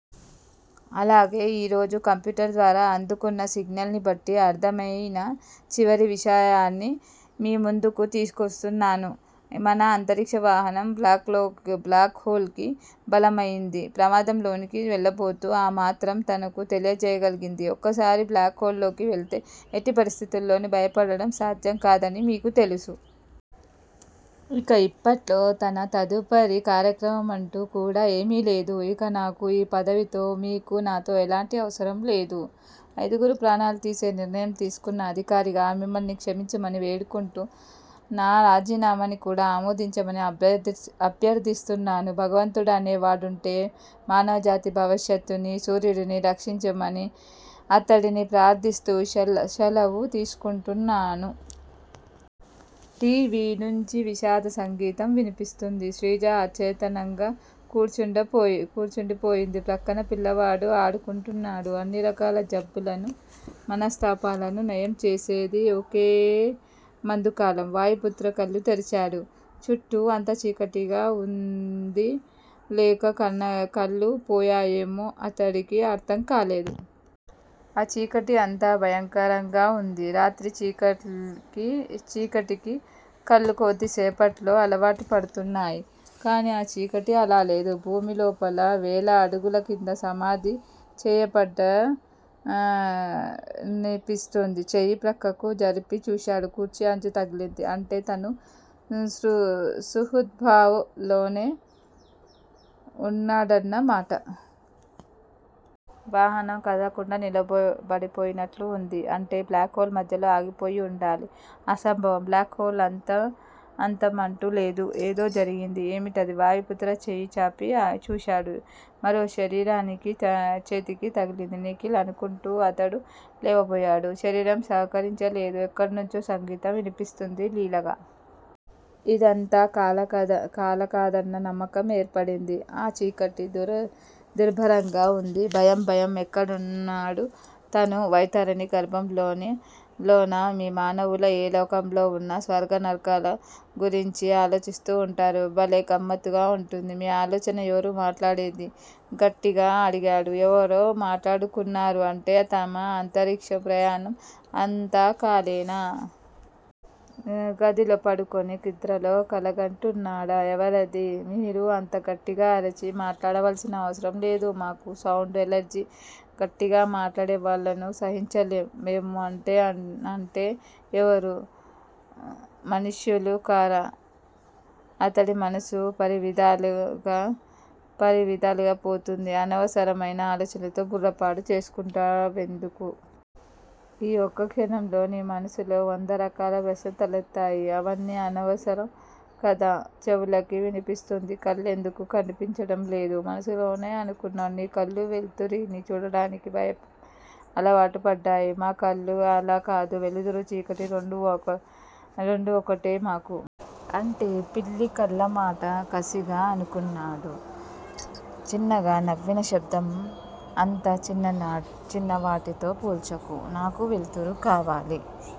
అలాగే ఈ రోజున కంప్యూటర్ ద్వారా అందుకున్న సిగ్నల్ ని బట్టి అర్థమయిన చివరి విషాదాన్ని మీ ముందుకు తీసుకొస్తున్నాను. మన అంతరిక్ష వాహనం బ్లాక్ హొల్ కి బలయిపోయింది. ప్రమాదంలోకి వెళ్ళబోతూ ఆ మాత్రం మనకు తెలియచేయగలిగింది. ఒకసారి బ్లాక్ హొల్ లోకి వెళితే ఎట్టి పరిస్థితుల్లోనూ బయటపడటం సాధ్యం కాదని మీకు తెలుసు. ఇక ఇప్పట్లో మన తదుపరి కార్యక్రమం అంటూ కూడా ఏమీ లేదు. ఇక నాకు ఈ పదవితో, మీకు నాతో ఎలాంటి అవసరంలేదు. ఐదుగురి ప్రాణాలు తీసే నిర్ణయం తీసుకున్న అధికారిగా మిమ్మల్ని క్షమించమని వేడుకుంటూ నా రాజీనామాని కూడా ఆమోదించమని అభ్యర్థిస్తున్నాను. భగవంతుడనే వాడుంటే మానవజాతి భవిష్యత్తునీ, సూర్యుడినీ రక్షించమని అతడిని ప్రార్థిస్తూ శలవు తీసుకుంటున్నాను. టి. వి. నుంచి విషాద సంగీతం వినిపిస్తోంది. శ్రీజ అచేతనంగా కూర్చుండిపోయింది. ప్రక్కన పిల్లవాడు ఆడుకుంటున్నాడు. అన్ని రకాల జబ్బులను మనస్తాపాలను నయం చేసేది ఒకే మందు-కాలం. వాయుపుత్ర కళ్ళు తెరిచాడు. చుట్టూ అంతా చీకటిగా వుందో లేక తనకళ్ళు పోయాయో అతడికి అర్థం కాలేదు. ఆ చీకటి అంత భయంకరంగా వుంది. రాత్రి చీకటికి కళ్ళు కొద్దిసేపట్లో అలవాటు పడుతున్నాయి. కానీ ఈ చీకటి అలా లేదు. భూమి లోపల వేల అడుగుల క్రింద సమాధి చేయబడ్డనిపిస్తోంది. చెయ్యి ప్రక్కకు జరిపి చూశాడు. కుర్చీ అంచు తగిలింది. అంటే తను సుహృద్భావ్ లోనే వున్నాడన్నమాట. వాహనం కదలకుండా నిలబడిపోయినట్లు వుంది. అంటే బ్లాక్ హొల్ మధ్యలో ఆగిపోయుండాలి- అసంభవం. బ్లాక్ హొల్ అంతం అంటూ లేదు. ఏదో జరిగింది. ఏమిటది? వాయుపుత్ర చెయ్యి చాపి చూశాడు. మరో శరీరం చేతికి తగిలింది. నిఖిల్ అనుకుంటా అతడు లేవబోయాడు. శరీరం సహకరించలేదు. ఎక్కడనుంచో సంగీతం వినిపిస్తోంది లీలగా. ఇదంతా కలకాదన్న నమ్మకం ఏర్పడింది. ఆ చీకటి దుర్భరంగా వుంది. భయం భయం ఎక్కడున్నాడు తను? వైతరణీ గర్భంలోనా? మీ మానవులు ఏ లోకంలో వున్నా స్వర్గ నరకాల గురించే ఆలోచిస్తుంటారు. భలే గమ్మత్తుగా వుంటుంది మీ ఆలోచన. ఎవరు మాట్లాడేది? గట్టిగా అడిగాడు. ఎవరో మాట్లాడుతున్నారు అంటే తమ అంతరిక్ష ప్రయాణం అంతా కలేనా? గదిలో పడుకుని నిద్రలో కలగంటున్నాడా? ఎవరది? మీరు అంత గట్టిగా అరచి మాట్లాడవలసిన అవసరం లేదు. మాకు సౌండ్ ఎలర్జీ. గట్టిగా మాట్లాడేవాళ్ళను సహించలేం. మేము అంటే అంటే ఎవరు? మనుష్యులు కారా? అతడి మనసు పరిపరివిధాల పోతోంది. అనవసరమైన ఆలోచనలతో బుర్ర పాడు చేసుకుంటావెందుకు? ఈ ఒక్కక్షణంలో నీ మనసులో వంద రకాల ప్రశ్నలు తలెత్తాయి. అవన్నీ అనవసరం కదా. చెవులకి వినిపిస్తోంది కళ్ళెందుకు కనిపించడం లేదు? మనసులోనే అనుకున్నాడు. నీ కళ్ళు వెలుతురిని చూడడానికే అలవాటు పడ్డాయి. మా కళ్ళు అలా కాదు. వెలుతురూ. చీకటి రెండూ ఒకటే మాకు. అంటే పిల్లి కళ్ళన్నమాట కసిగా అనుకున్నాడు. చిన్నగా నవ్విన శబ్దం అంత చిన్న వాటితో పోల్చకు. నాకు వెలుతురు కావాలి